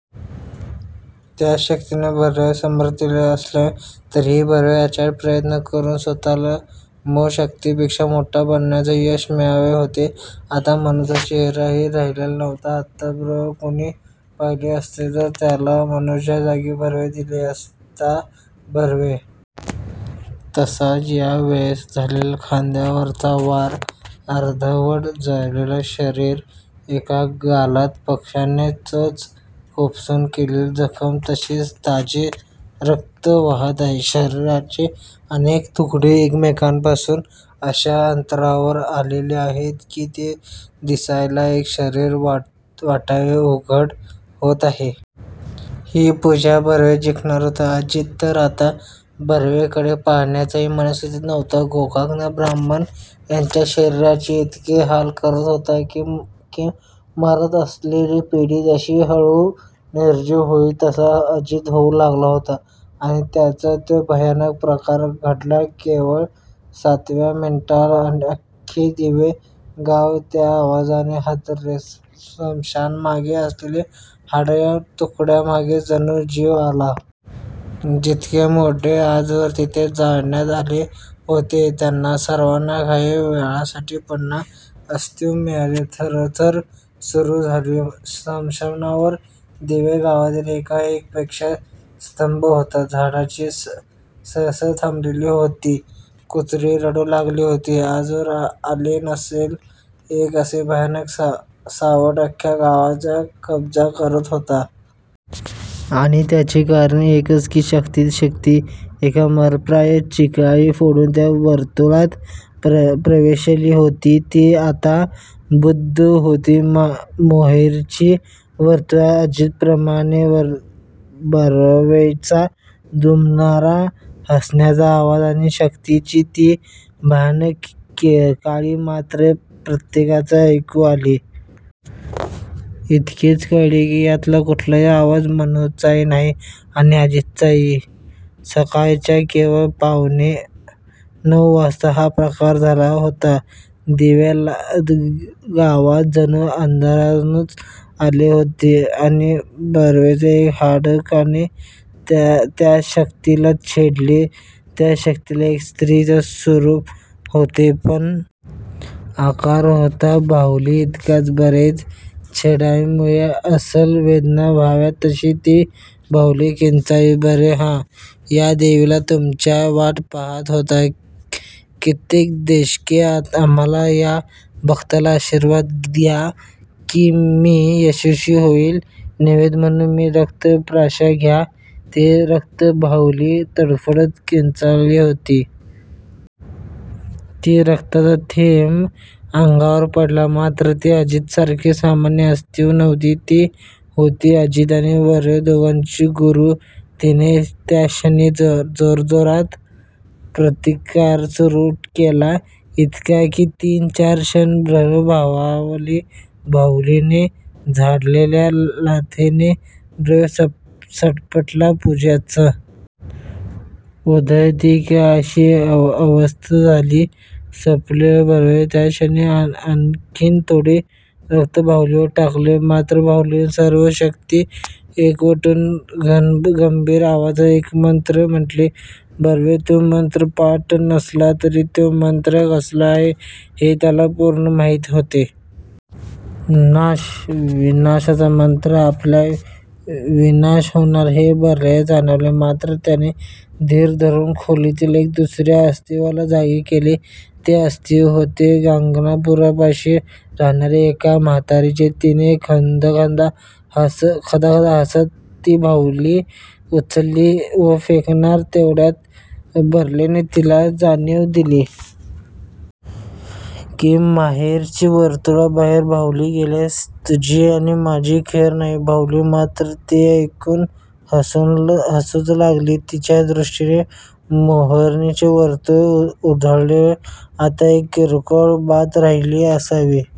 त्याच शक्तीने बर्वेला सामर्थ्य दिलेले असले तरीही बर्वेने अचाट प्रयत्न करून स्वतःला मूळ शक्तीपेक्षाही मोठे बनवण्यात यश मिळवलेले होते. आता मनूचा चेहराही राहिलेला नव्हता, आताबाहेर्न कुणी पाहिले असतेच तर त्याला मनूच्या जागी बर्वे दिसला असता. बर्वे! तसाच त्या वेळेस झालेला खांद्यावरचा वार! अर्धवट जळलेले शरीर एका गालात पक्ष्याने चोच खुपसून केलेली जखम तशीच ताजी रक्त वाहात आहे. शरीराचे अनेक तुकडे एकमेकांपासून अशा अंतरावर आलेले आहेत की ते दिसायला एक शरीर वाटावे उघड होते. ही पूजा बर्वेच जिंकणार होता. अजित तर आता बर्वेकडे पाहण्याच्याही मनस्थितीत नव्हता गोकाकचा ब्राह्मण त्याच्या शरीराचे इतके हाल करत होता. की मरत असलेली मेंढी जशी हळूहळू निर्जीव होईल तसा अजित होऊ लागला होता. आणि त्यातच तो भयानक प्रकार घडला केवळ सातव्या मिनिटालाच अख्खे दिवे गाव त्या आवाजाने हादरले, स्मशानामागे असलेल्या हाडांच्या तुकड्यांमध्ये जणू जीव आला. जितके मुडदे आजवर तेथे जाळण्यात आले होते. त्या सर्वांना काही वेळासाठी पुन्हा अस्तित्व मिळाले. थरथर सुरू झाली स्मशानावर दिवे गावातील एक आणि एक पक्षी स्तब्ध होता. झाडांची सळसळ थांबलेली होती. कुत्री रडू लागली होती, आजवर आले नसेल, असे एक भयानक सावट अख्ख्या गावाचाच कब्जा करत होते. आणि त्याचे कारण एकच ती शक्ती ती शक्ती एक मरणप्राय किंचाळी फोडून त्या वर्तुळात प्रवेशली होती. ती आता बद्ध होती मोहरीच्या वर्तुळात अजितप्रमाणेच, बर्वेचा दुमदुमणारा हास्याचा आवाज आणि त्या शक्तीची ती भयानक किंकाळी मात्र प्रत्येकालाच ऐकू आली. इतकेच कळले की यातला कुठलाच आवाज मनूचाही नाही आणि अजितचाही! सकाळच्या केवळ पावणे नऊ वाजता हा प्रकार झाला होता. दिवे गावात जणू अंधारूनच आले होते.. आणि बर्वेने एका हाडकाने त्या शक्तीला छेडले त्या शक्तीला एका स्त्रीचे स्वरूप होते.पण आकार होता बाहुलीइतकाच, बर्वेच्या छेडण्यामुळे असह्य वेदना व्हाव्यात तशी ती बाहुली किंचाळली, बर्वे हं! या देवी या तुमचीच वाट पाहात होतो. कित्येक दशके, आम्हाला या भक्ताला आशीर्वाद द्या, की मी यशस्वी होईन. नैवेद्य म्हणून हे रक्त प्राशा घ्या, हे रक्त बाहुली तडफडत किंचाळत होती. त्या रक्ताचे थेंब अंगावर पडल्यावर! मात्र ती अजितसारखी सामान्य अस्तित्वाची नव्हती. ती होती अजित आणि बर्वे दोघांची गुरू! तिने त्याच्क्षणी जोरदार प्रतिकार सुरू केला. इतका, की तीन चार क्षण बर्वेही भांबावला. बाहुलीने झाडलेल्या लाथेने बर्वे सटपटला. पूजाच उधळते की काय अशी अवस्था झाली. सटपटलेल्या बर्वेने त्याच क्षणी आणखीन थोडे रक्त बाहुलीवर टाकले. मात्र बाहुलीने सर्व शक्ती एकवटून घनगंभीर आवाजात एक मंत्र म्हंटला, बर्वेला तो मंत्र पाठ नसला तरी तो मंत्र कसला आहे हे त्याला पूर्ण माहीत होते. नाश! विनाशाचा मंत्र! आपला विनाश होणार हे बर्वेला जाणवले! मात्र त्याने धीर धरून खोलीतील एका दुसर्या अस्तित्वाला जागे केले. ते अस्तित्व होते गाणगापूरपाशी राहणार्या एका म्हातारीचे तिने खदाखदा हासत, ती बाहुली उचलली व फेकणार तेवढ्यात बर्वेने तिला जाणीव दिली. की मोहरीच्या वर्तुळाबाहेर बाहुली गेल्यास तुझी आणि माझी खैर नाही. बाहुली मात्र ते ऐकून हसूच लागली. तिच्या दृष्टीने मोहरीचे वर्तुळ उधळवणे आता एक किरकोळ बात राहिली असावी.